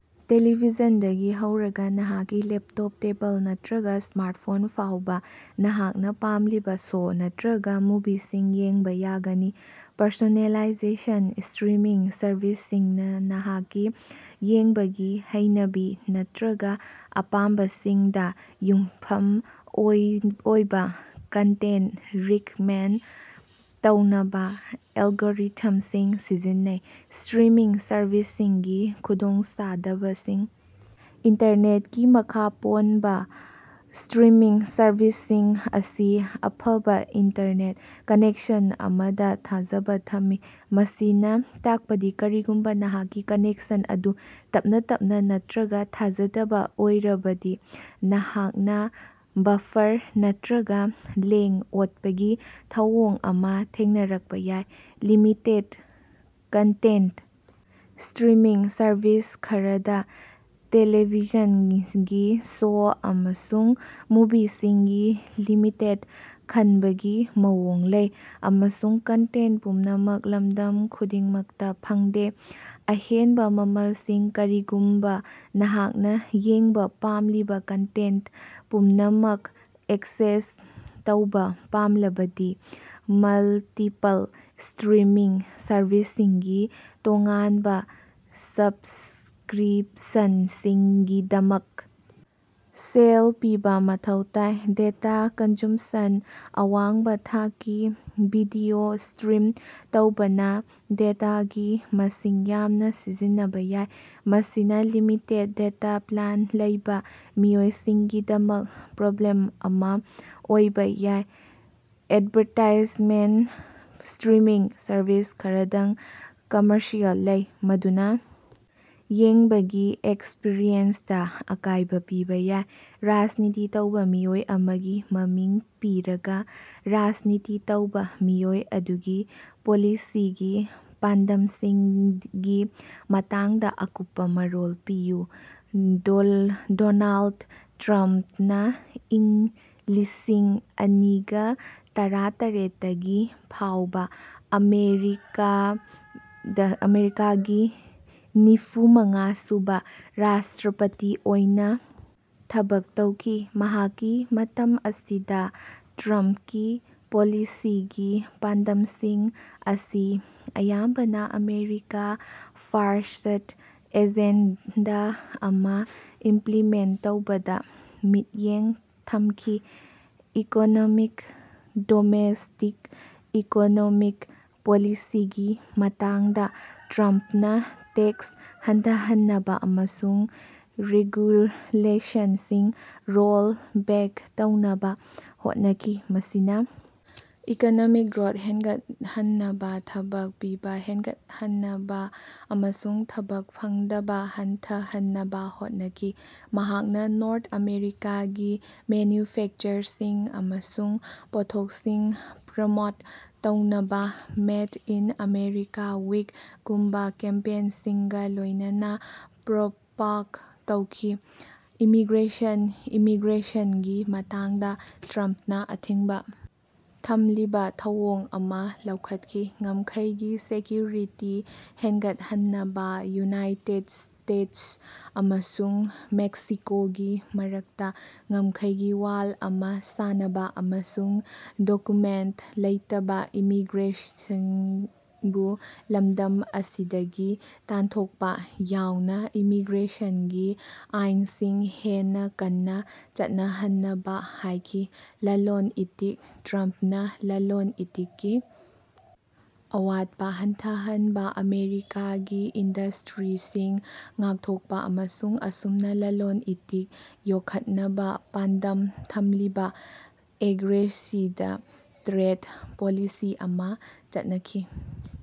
ꯇ‌ꯦꯂ‌ꯦꯚꯤꯖꯟꯗꯒꯤ ꯍꯧꯔꯒ ꯅꯍꯥꯛꯀꯤ laptop, table ꯅꯠꯇ꯭ꯔꯒ ꯁ꯭ꯃꯥꯔꯠꯐꯣꯟ ꯐꯥꯎꯕ ꯅꯍꯥꯛꯅ ꯄꯥꯝꯂꯤꯕ ꯁꯣ ꯅꯠꯇꯔꯒ ꯃꯨꯚꯤꯁꯤꯡ ꯌꯦꯡꯕ ꯌꯥꯒꯅꯤ꯫ ꯄꯔꯁꯣꯅꯦꯂꯥꯏꯖꯦꯁꯟ: ꯁ꯭ꯇꯔꯤꯃꯤꯡ ꯁꯔꯚꯤꯁꯁꯤꯡꯅ ꯅꯍꯥꯛꯀꯤ ꯌꯦꯡꯕꯒꯤ ꯍꯩꯅꯕꯤ ꯅꯠꯇ‌꯭ꯔꯒ ꯑꯄꯥꯝꯕꯁꯤꯡꯗ ꯌꯨꯝꯐꯝ ꯑꯣꯏꯕ ꯀꯟꯇꯦꯟ ꯔꯤꯀꯃꯦꯟ ꯇꯧꯅꯕ ꯑꯦꯜꯒꯣꯔꯤꯊꯝꯁꯤꯡ ꯁꯤꯖꯤꯟꯅꯩ꯫ ꯁ꯭ꯇꯔꯤꯃꯤꯡ ꯁꯔꯚꯤꯁꯁꯤꯡꯒꯤ ꯈꯨꯗꯣꯡꯆꯥꯗꯕꯁꯤꯡ: ꯏꯟꯇꯔꯅꯦꯠꯀꯤ ꯃꯈꯥ ꯄꯣꯟꯕ: ꯁ꯭ꯇꯔꯤꯃꯤꯡ ꯁꯔꯚꯤꯁꯁꯤꯡ ꯑꯁꯤ ꯑꯐꯕ ꯏꯟꯇꯔꯅꯦꯠ ꯀꯅꯦꯛꯁꯟ ꯑꯃꯗ ꯊꯥꯖꯕ ꯊꯝꯃꯤ, ꯃꯁꯤꯅ ꯇꯥꯛꯄꯗꯤ ꯀꯔꯤꯒꯨꯝꯕ ꯅꯍꯥꯛꯀꯤ ꯀꯅꯦꯛꯁꯟ ꯑꯗꯨ ꯇꯞꯅ ꯇꯞꯅ ꯅꯠꯇ‌꯭ꯔꯒ ꯊꯥꯖꯗꯕ ꯑꯣꯏꯔꯕꯗꯤ, ꯅꯍꯥꯛꯅ ꯕꯐꯔ ꯅꯠꯇ꯭ꯔꯒ ꯂꯦꯡ-ꯑꯣꯠꯄꯒꯤ ꯊꯧꯑꯣꯡ ꯑꯃ ꯊꯦꯡꯅꯔꯛꯄ ꯌꯥꯏ꯫ ꯂꯤꯃꯤꯇꯦꯗ ꯀꯟꯇꯦꯟꯇ: ꯁ꯭ꯇꯔꯤꯃꯤꯡ ꯁꯔꯚꯤꯁ ꯈꯔꯗ ꯇ‌ꯦꯂ‌ꯦꯚꯤꯖꯟꯒꯤ ꯁꯣ ꯑꯃꯁꯨꯡ ꯃꯨꯚꯤꯁꯤꯡꯒꯤ ꯂꯤꯃꯤꯇꯦꯗ ꯈꯟꯕꯒꯤ ꯃꯑꯣꯡ ꯂꯩ, ꯑꯃꯁꯨꯡ ꯀꯟꯇꯦꯟ ꯄꯨꯝꯅꯃꯛ ꯂꯝꯗꯝ ꯈꯨꯗꯤꯡꯃꯛꯇ ꯐꯪꯗꯦ꯫ ꯑꯍꯦꯟꯕ ꯃꯃꯜꯁꯤꯡ: ꯀꯔꯤꯒꯨꯝꯕ ꯅꯍꯥꯛꯅ ꯌꯦꯡꯕ ꯄꯥꯝꯂꯤꯕ ꯀꯟꯇꯦꯟꯇ ꯄꯨꯝꯅꯃꯛ ꯑꯦꯛꯁꯦꯁ ꯇꯧꯕ ꯄꯥꯝꯂꯕꯗꯤ ꯃꯜꯇꯤꯄꯜ ꯁ꯭ꯇꯔꯤꯃꯤꯡ ꯁꯔꯚꯤꯁꯁꯤꯡꯒꯤ ꯇꯣꯉꯥꯟꯕ ꯁꯕꯁ꯭ꯀꯔꯤꯞꯁꯟꯁꯤꯡꯒꯤꯗꯃꯛ ꯁꯦꯜ ꯄꯤꯕ ꯃꯊꯧ ꯇꯥꯏ꯫ ꯗꯦꯇꯥ ꯀꯟꯖꯨꯝꯁꯟ: ꯑꯋꯥꯡꯕ ꯊꯥꯛꯀꯤ ꯚꯤꯗꯤꯑꯣ ꯁ꯭ꯇꯔꯤꯝ ꯇꯧꯕꯅ ꯗꯦꯇꯥꯒꯤ ꯃꯁꯤꯡ ꯌꯥꯝꯅ ꯁꯤꯖꯤꯟꯅꯕ ꯌꯥꯏ, ꯃꯁꯤꯅ ꯂꯤꯃꯤꯇꯦꯗ ꯗꯦꯇꯥ ꯄ꯭ꯂꯥꯟ ꯂꯩꯕ ꯃꯤꯑꯣꯏꯁꯤꯡꯒꯤꯗꯃꯛ ꯄ꯭ꯔꯣꯕ꯭ꯂꯦꯝ ꯑꯃ ꯑꯣꯏꯕ ꯌꯥꯏ꯫ ꯑꯦꯗꯚꯥꯔꯇꯥꯏꯖꯃꯦꯟꯠ: ꯁ꯭ꯇꯔꯤꯃꯤꯡ ꯁꯔꯚꯤꯁ ꯈꯔꯗꯥꯡ ꯀꯝꯃꯔꯁꯤꯑꯦꯜ ꯂꯩ, ꯃꯗꯨꯅ ꯌꯦꯡꯕꯒꯤ ꯑꯦꯛꯁꯄꯔꯤꯌꯦꯟꯁꯇ ꯑꯀꯥꯏꯕ ꯄꯤꯕꯥ ꯌꯥꯏ꯫ ꯔꯥꯖꯅꯤꯇꯤ ꯇꯧꯕ ꯃꯤꯑꯣꯏ ꯑꯃꯒꯤ ꯃꯃꯤꯡ ꯄꯤꯔꯒ, ꯔꯥꯖꯅꯤꯇꯤ ꯇꯧꯕ ꯃꯤꯑꯣꯏ ꯑꯗꯨꯒꯤ ꯄꯣꯂꯤꯁꯤꯒꯤ ꯄꯥꯟꯗꯝꯁꯤꯡꯒꯤ ꯃꯇꯥꯡꯗ ꯑꯀꯨꯞꯄ ꯃꯔꯣꯜ ꯄꯤꯌꯨ꯫ ꯗꯣꯅꯥꯜꯗ ꯇ꯭ꯔꯝꯞꯅꯥ ꯏꯪ ꯂꯤꯁꯤꯡ ꯑꯅꯤꯒ ꯇꯔꯥꯇꯔ‌ꯦꯠꯇꯒꯤ ꯐꯥꯎꯕ ꯑꯃꯦꯔꯤꯀꯥꯒꯤ ꯅꯤꯐꯨꯃꯉꯥ ꯁꯨꯕ ꯔꯥꯁ꯭ꯇꯔꯄꯇꯤ ꯑꯣꯏꯅ ꯊꯕꯛ ꯇꯧꯈꯤ꯫ ꯃꯍꯥꯛꯀꯤ ꯃꯇꯝ ꯑꯁꯤꯗ ꯇ꯭ꯔꯝꯞꯀꯤ ꯄꯣꯂꯤꯁꯤꯒꯤ ꯄꯥꯟꯗꯝꯁꯤꯡ ꯑꯁꯤ ꯑꯌꯥꯝꯕꯅ ꯑꯃꯦꯔꯤꯀꯥ ꯐꯥꯔꯁ꯭ꯠ ꯑꯦꯖꯦꯟꯗꯥ ꯑꯃ ꯏꯝꯄ꯭ꯂꯤꯃꯦꯟ ꯇꯧꯕꯗ ꯃꯤꯠꯌꯦꯡ ꯊꯝꯈꯤ꯫ ꯏꯀꯣꯅꯣꯃꯤꯛ: ꯗꯣꯃꯦꯁ꯭ꯇꯤꯛ ꯏꯀꯣꯅꯣꯃꯤꯛ ꯄꯣꯂꯤꯁꯤꯒꯤ ꯃꯇꯥꯡꯗ ꯇ꯭ꯔꯝꯞꯅ ꯇꯦꯛꯁ ꯍꯟꯊꯍꯟꯅꯕ ꯑꯃꯁꯨꯡ ꯔꯦꯒꯨꯂꯦꯁꯟꯁꯤꯡ ꯔꯣꯜ ꯕꯦꯛ ꯇꯧꯅꯕ ꯍꯣꯠꯅꯈꯤ, ꯃꯁꯤꯅ ꯏꯀꯣꯅꯣꯃꯤꯛ ꯒ꯭ꯔꯣꯠ ꯍꯦꯟꯒꯠꯍꯟꯅꯕ, ꯊꯕꯛ ꯄꯤꯕ ꯍꯦꯟꯒꯠꯍꯟꯅꯕ ꯑꯃꯁꯨꯡ ꯊꯕꯛ ꯐꯪꯗꯕ ꯍꯟꯊꯍꯟꯅꯕ ꯍꯣꯠꯅꯈꯤ꯫ ꯃꯍꯥꯛꯅ ꯅꯣꯔꯠ ꯑꯃꯦꯔꯤꯀꯥꯒꯤ ꯃꯦꯟꯌꯨꯐꯦꯀꯆꯔꯁꯤꯡ ꯑꯃꯁꯨꯡ ꯄꯣꯠꯊꯣꯛꯁꯤꯡ ꯄ꯭ꯔꯃꯣꯠ ꯇꯧꯅꯕ ꯃꯦꯗ ꯏꯟ ꯑꯃꯦꯔꯤꯀꯥ ꯋꯤꯛ ꯒꯨꯝꯕ ꯀꯦꯝꯄꯦꯅꯁꯤꯡꯒ ꯂꯣꯏꯅꯅ ꯄ꯭ꯔꯣꯄꯥꯛ ꯇꯧꯈꯤ꯫ ꯏꯃꯤꯒ꯭ꯔꯦꯁꯟ: ꯏꯃꯤꯒ꯭ꯔꯦꯁꯟꯒꯤ ꯃꯇꯥꯡꯗ ꯇ꯭ꯔꯝꯞꯅ ꯑꯊꯤꯡꯕ ꯊꯝꯂꯤꯕ ꯊꯧꯑꯣꯡ ꯑꯃ ꯂꯧꯈꯠꯈꯤ, ꯉꯝꯈꯩꯒꯤ ꯁꯦꯀ꯭ꯌꯨꯔꯤꯇꯤ ꯍꯦꯟꯒꯠꯍꯟꯅꯕ, ꯌꯨꯅꯥꯏꯇꯦꯗ ꯁ꯭ꯇꯦꯇꯁ ꯑꯃꯁꯨꯡ ꯃꯦꯛꯁꯤꯀꯣꯒꯤ ꯃꯔꯛꯇ ꯉꯝꯈꯩꯒꯤ ꯋꯥꯜ ꯑꯃ ꯁꯥꯅꯕ, ꯑꯃꯁꯨꯡ ꯗꯣꯀꯨꯃꯦꯟ ꯂꯩꯇꯕ ꯏꯃꯤꯒ꯭ꯔꯦꯟꯠꯁꯤꯡꯕꯨ ꯂꯝꯗꯝ ꯑꯁꯤꯗꯒꯤ ꯇꯥꯟꯊꯣꯛꯄ ꯌꯥꯎꯅ ꯏꯃꯤꯒ꯭ꯔꯦꯁꯟꯒꯤ ꯑꯥꯏꯟꯁꯤꯡ ꯍꯦꯟꯅ ꯀꯟꯅ ꯆꯠꯅꯍꯟꯅꯕ ꯍꯥꯏꯈꯤ꯫ ꯂꯂꯣꯟ-ꯏꯇꯤꯛ: ꯇ꯭ꯔꯝꯞꯅ ꯂꯂꯣꯟ-ꯏꯇꯤꯛꯀꯤ ꯑꯋꯥꯠꯄꯥ ꯍꯟꯊꯍꯟꯕ, ꯑꯃꯦꯔꯤꯀꯥꯒꯤ ꯏꯟꯗꯁ꯭ꯇꯔꯤꯁꯤꯡ ꯉꯥꯛꯊꯣꯛꯄ ꯑꯃꯁꯨꯡ ꯑꯆꯨꯝꯕ ꯂꯂꯣꯟ-ꯏꯇꯤꯛ ꯌꯣꯛꯈꯠꯅꯕ ꯄꯥꯟꯗꯝ ꯊꯝꯂꯤꯕ ꯑꯦꯒ꯭ꯔꯦꯁꯤꯕ ꯇ꯭ꯔꯦꯗ ꯄꯣꯂꯤꯁꯤ ꯑꯃꯥ ꯆꯠꯅꯈꯤ꯫